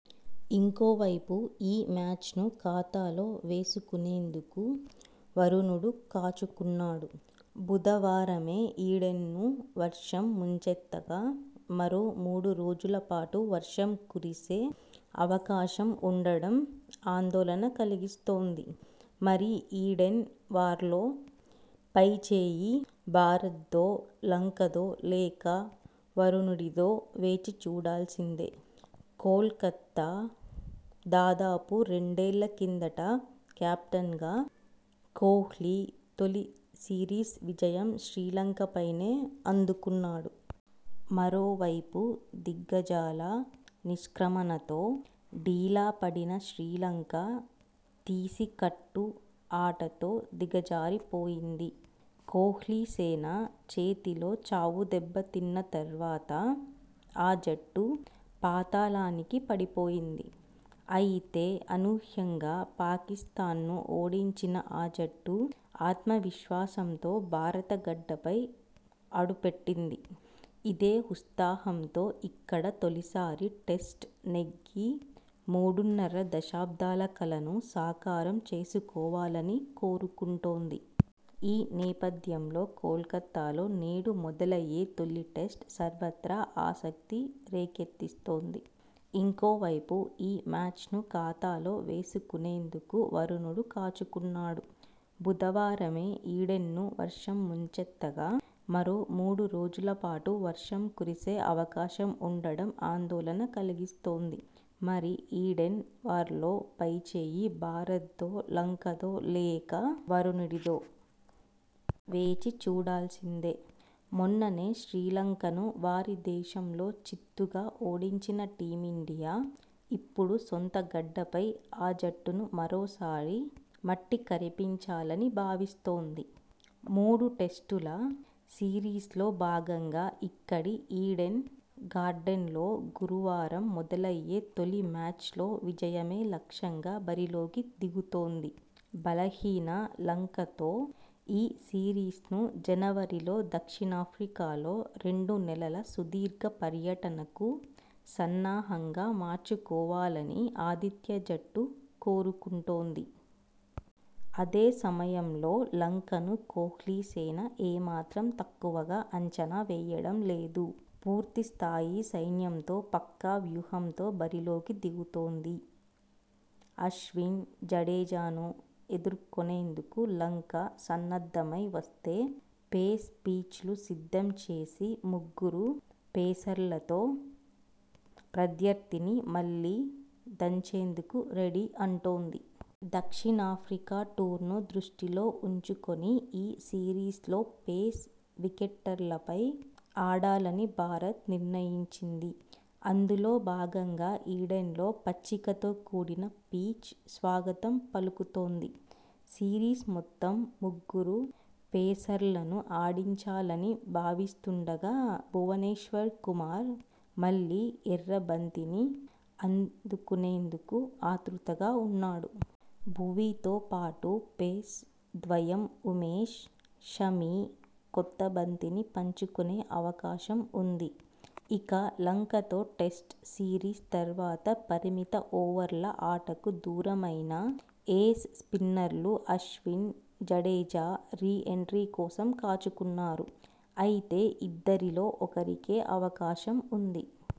ఇంకోవైపు ఈ మ్యాచ్ను ఖాతాలో వేసుకునేందుకు వరుణుడు కాచుకున్నాడు! బుధవారమే ఈడెన్ను వర్షం ముంచెత్తగా మరో మూడు రోజుల పాటు వర్షం కురిసే అవకాశం ఉండడం ఆందోళన కలిగిస్తోంది! మరి ఈడెన్ వార్లో పై చేయి భారత్దో లంకదో లేక వరుణుడిదో! వేచి చూడాల్సిందే. కోల్కతా: దాదాపు రెండేళ్ల కిందట కెప్టెన్గా కోహ్లీ తొలి సిరీస్ విజయం శ్రీలంకపైనే అందుకున్నాడు! మరోవైపు దిగ్గజాల నిష్క్రమణతో డీలా పడిన శ్రీలంక తీసికట్టు ఆటతో దిగజారిపోయింది! కోహ్లీసేన చేతిలో చావుదెబ్బ తిన్న తర్వాత ఆ జట్టు పాతాళానికి పడిపోయింది! అయితే, అనూహ్యంగా పాకిస్థాన్ను ఓడించిన ఆ జట్టు ఆత్మవిశ్వాసంతో భారత గడ్డపై అడుపెట్టింది! ఇదే ఉత్సాహంతో ఇక్కడ తొలిసారి టెస్ట్ నెగ్గి మూడున్నర దశాబ్దాల కలను సాకారం చేసుకోవాలని కోరుకుంటోంది! ఈ నేపథ్యంలో కోల్కతాలో నేడు మొదలయ్యే తొలి టెస్టు సర్వత్రా ఆసక్తి రేకెత్తిస్తోంది! ఇంకోవైపు ఈ మ్యాచ్ను ఖాతాలో వేసుకునేందుకు వరుణుడు కాచుకున్నాడు! బుధవారమే ఈడెన్ను వర్షం ముంచెత్తగా మరో మూడు రోజుల పాటు వర్షం కురిసే అవకాశం ఉండడం ఆందోళన కలిగిస్తోంది! మరి ఈడెన్ వార్లో పై చేయి భారత్దో లంకదో లేక వరుణుడిదో! వేచి చూడాల్సిందే. మొన్ననే శ్రీలంకను వారి దేశంలో చిత్తుగా ఓడించిన టీమిండియా ఇప్పుడు సొంతగడ్డపై ఆ జట్టును మరోసారి మట్టికరిపించాలని భావిస్తోంది. మూడు టెస్టుల సిరీస్లో భాగంగా ఇక్కడి ఈడెన్ గార్డెన్స్లో గురువారం మొదలయ్యే తొలి మ్యాచ్లో విజయమే లక్ష్యంగా బరిలోకి దిగుతోంది. బలహీన లంకతో ఈ సిరీస్ను జనవరిలో దక్షిణాఫ్రికాలో రెండు నెలల సుదీర్ఘ పర్యటనకు సన్నాహంగా మార్చుకోవాలని ఆతిథ్య జట్టు కోరుకుంటోంది. అదే సమయంలో లంకను కోహ్లీసేన ఏ మాత్రం తక్కువగా అంచనా వేయడం లేదు. పూర్తి స్థాయి సైన్యంతో పక్కా వ్యూహంతో బరిలోకి దిగుతోంది. అశ్విన్, జడేజాను ఎదుర్కొ నేందుకు లంక సన్నద్ధమై వస్తే పేస్ పిచ్లు సిద్ధం చేసి, ముగ్గురు పేసర్లతో ప్రత్యర్థిని మళ్లీ దంచేందుకు రెడీ అంటోంది. దక్షిణాఫ్రికా టూర్ను దృష్టిలో ఉంచుకొని ఈ సిరీస్లో పేస్ వికెట్లపై ఆడాలని భారత్ నిర్ణయించింది. అందులో భాగంగా ఈడెన్లో పచ్చికతో కూడిన పిచ్ స్వాగతం పలుకుతోంది. సిరీస్ మొత్తం ముగ్గురు పేసర్లను ఆడించాలని భావిస్తుండగా భువనేశ్వర్ కుమార్ మళ్లీ ఎర్ర బంతిని అందుకునేందుకు ఆతృతగా ఉన్నాడు. భువీతో పాటు పేస్ ద్వయం ఉమేష్, షమి కొత్త బంతిని పంచుకునే అవకాశం ఉంది. ఇక, లంకతో టెస్టు సిరీస్ తర్వాత పరిమిత ఓవర్ల ఆటకు దూరమైన ఏస్ స్పిన్నర్లు అశ్విన్, జడేజా రీ ఎంట్రీ కోసం కాచుకున్నారు. అయితే, ఇద్దరిలో ఒకరికే అవకాశం ఉంది.